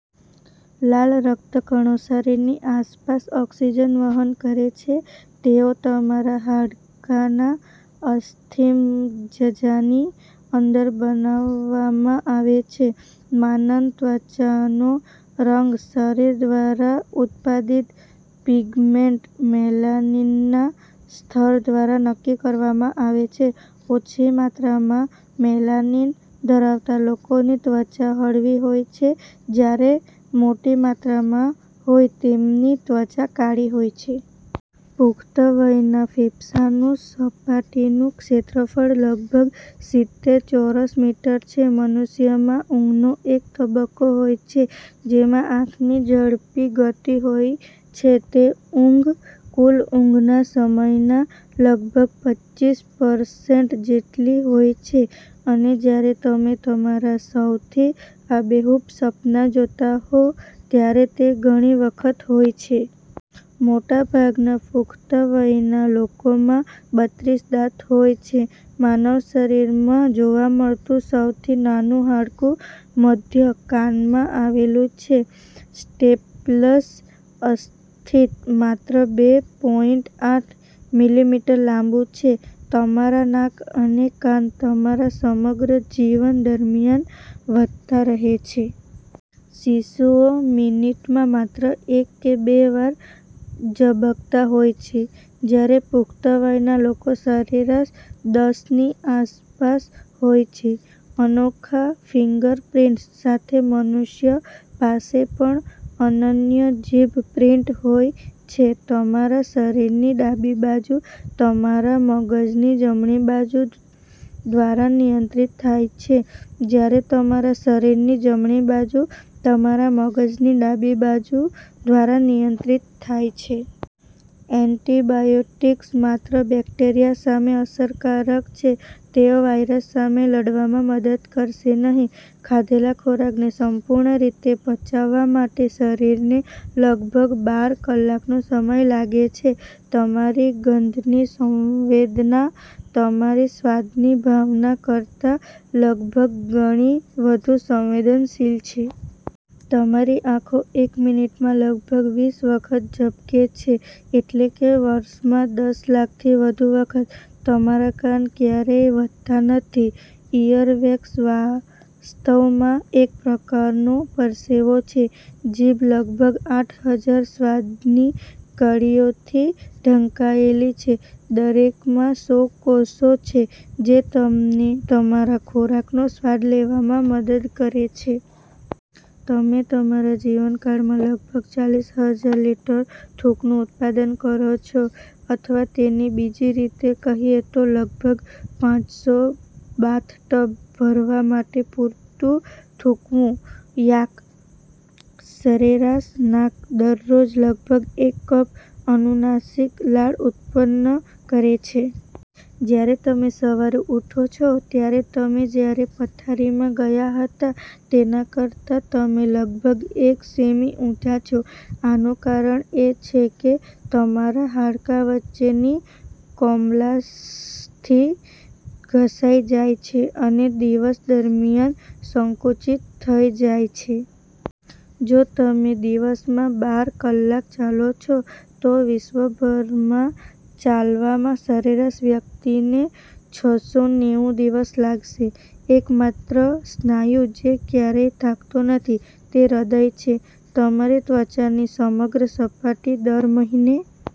લાલ રક્તકણો શરીરની આસપાસ ઓક્સિજન વહન કરે છે. તેઓ તમારા હાડકાના અસ્થિમજ્જાની અંદર બનાવવામાં આવે છે. માનવ ત્વચાનો રંગ શરીર દ્વારા ઉત્પાદિત પિગમેન્ટ મેલાનિનના સ્તર દ્વારા નક્કી કરવામાં આવે છે. ઓછી માત્રામાં મેલાનિન ધરાવતા લોકોની ત્વચા હળવી હોય છે જ્યારે મોટી માત્રામાં હોય તેમની ત્વચા કાળી હોય છે. પુખ્ત વયના ફેફસાંનું સપાટીનું ક્ષેત્રફળ લગભગ સીતેર ચોરસ મીટર છે! મનુષ્યમાં ઊંઘનો એક તબક્કો હોય છે જેમાં આંખની ઝડપી ગતિ હોય છે. તે ઊંઘ કુલ ઊંઘના સમયના લગભગ પચીસ પરસેન્ટ જેટલી હોય છે, અને જ્યારે તમે તમારા સૌથી આબેહૂબ સપના જોતા હો ત્યારે તે ઘણી વખત હોય છે. મોટાભાગના પુખ્ત વયના લોકોમાં બત્રિસ દાંત હોય છે. માનવ શરીરમાં જોવા મળતું સૌથી નાનું હાડકું મધ્ય કાનમાં આવેલું છે. સ્ટેપલ્સ અસ્થિ માત્ર બે પોઇન્ટ આઠ મિલીમીટર લાંબુ છે. તમારા નાક અને કાન તમારા સમગ્ર જીવન દરમિયાન વધતા રહે છે. શિશુઓ મિનિટમાં માત્ર એક કે બે વાર ઝબકતા હોય છે, જ્યારે પુખ્ત વયના લોકો સરેરાશ દસ ની આસપાસ હોય છે. અનોખા ફિંગરપ્રિન્ટ્સ સાથે, મનુષ્ય પાસે પણ અનન્ય જીભ પ્રિન્ટ હોય છે. તમારા શરીરની ડાબી બાજુ તમારા મગજની જમણી બાજુ દ્વારા નિયંત્રિત થાય છે, જ્યારે તમારા શરીરની જમણી બાજુ તમારા મગજની ડાબી બાજુ દ્વારા નિયંત્રિત થાય છે. એન્ટિબાયોટિક્સ માત્ર બેક્ટેરિયા સામે અસરકારક છે, તેઓ વાયરસ સામે લડવામાં મદદ કરશે નહીં. ખાધેલા ખોરાકને સંપૂર્ણ રીતે પચાવવા માટે શરીરને લગભગ બાર કલાકનો સમય લાગે છે. તમારી ગંધની સંવેદના તમારી સ્વાદની ભાવના કરતાં લગભગ ગણી વધુ સંવેદનશીલ છે. તમારી આંખો એક મિનિટમાં લગભગ વીસ વખત ઝબકે છે, એટલે કે વર્ષમાં દસ લાખથી વધુ વખત! તમારા કાન ક્યારેય વધતા નથી! ઇયરવેક્સ વાસ્તવમાં એક પ્રકારનો પરસેવો છે! જીભ લગભગ આઠહજાર સ્વાદની કળીઓથી ઢંકાયેલી છે, દરેકમાં સો કોષો છે જે તમને તમારા ખોરાકનો સ્વાદ લેવામાં મદદ કરે છે! તમે તમારા જીવનકાળમાં લગભગ ચાલીસહજાર લિટર થૂંકનું ઉત્પાદન કરો છો. અથવા તેને બીજી રીતે કહીએ તો, લગભગ પાંચસો બાથટબ ભરવા માટે પૂરતું થૂંકવું. યાક! સરેરાશ નાક દરરોજ લગભગ એક કપ અનુનાસિક લાળ ઉત્પન્ન કરે છે! જ્યારે તમે સવારે ઉઠો છો, ત્યારે તમે જ્યારે પથારીમાં ગયા હતા તેના કરતા તમે લગભગ એક સેમી ઉંચા છો. આનું કારણ એ છે કે તમારા હાડકાં વચ્ચેની કોમલાસ્થિ ઘસાઈ જાય છે અને દિવસ દરમિયાન સંકુચિત થઈ જાય છે. જો તમે દિવસમાં બાર કલાક ચાલો છો, તો વિશ્વભરમાં ચાલવામાં સરેરાશ વ્યક્તિને છસોનેવું દિવસ લાગશે. એકમાત્ર સ્નાયુ જે ક્યારેય થાકતો નથી તે હૃદય છે. તમારી ત્વચાની સમગ્ર સપાટી દર મહિને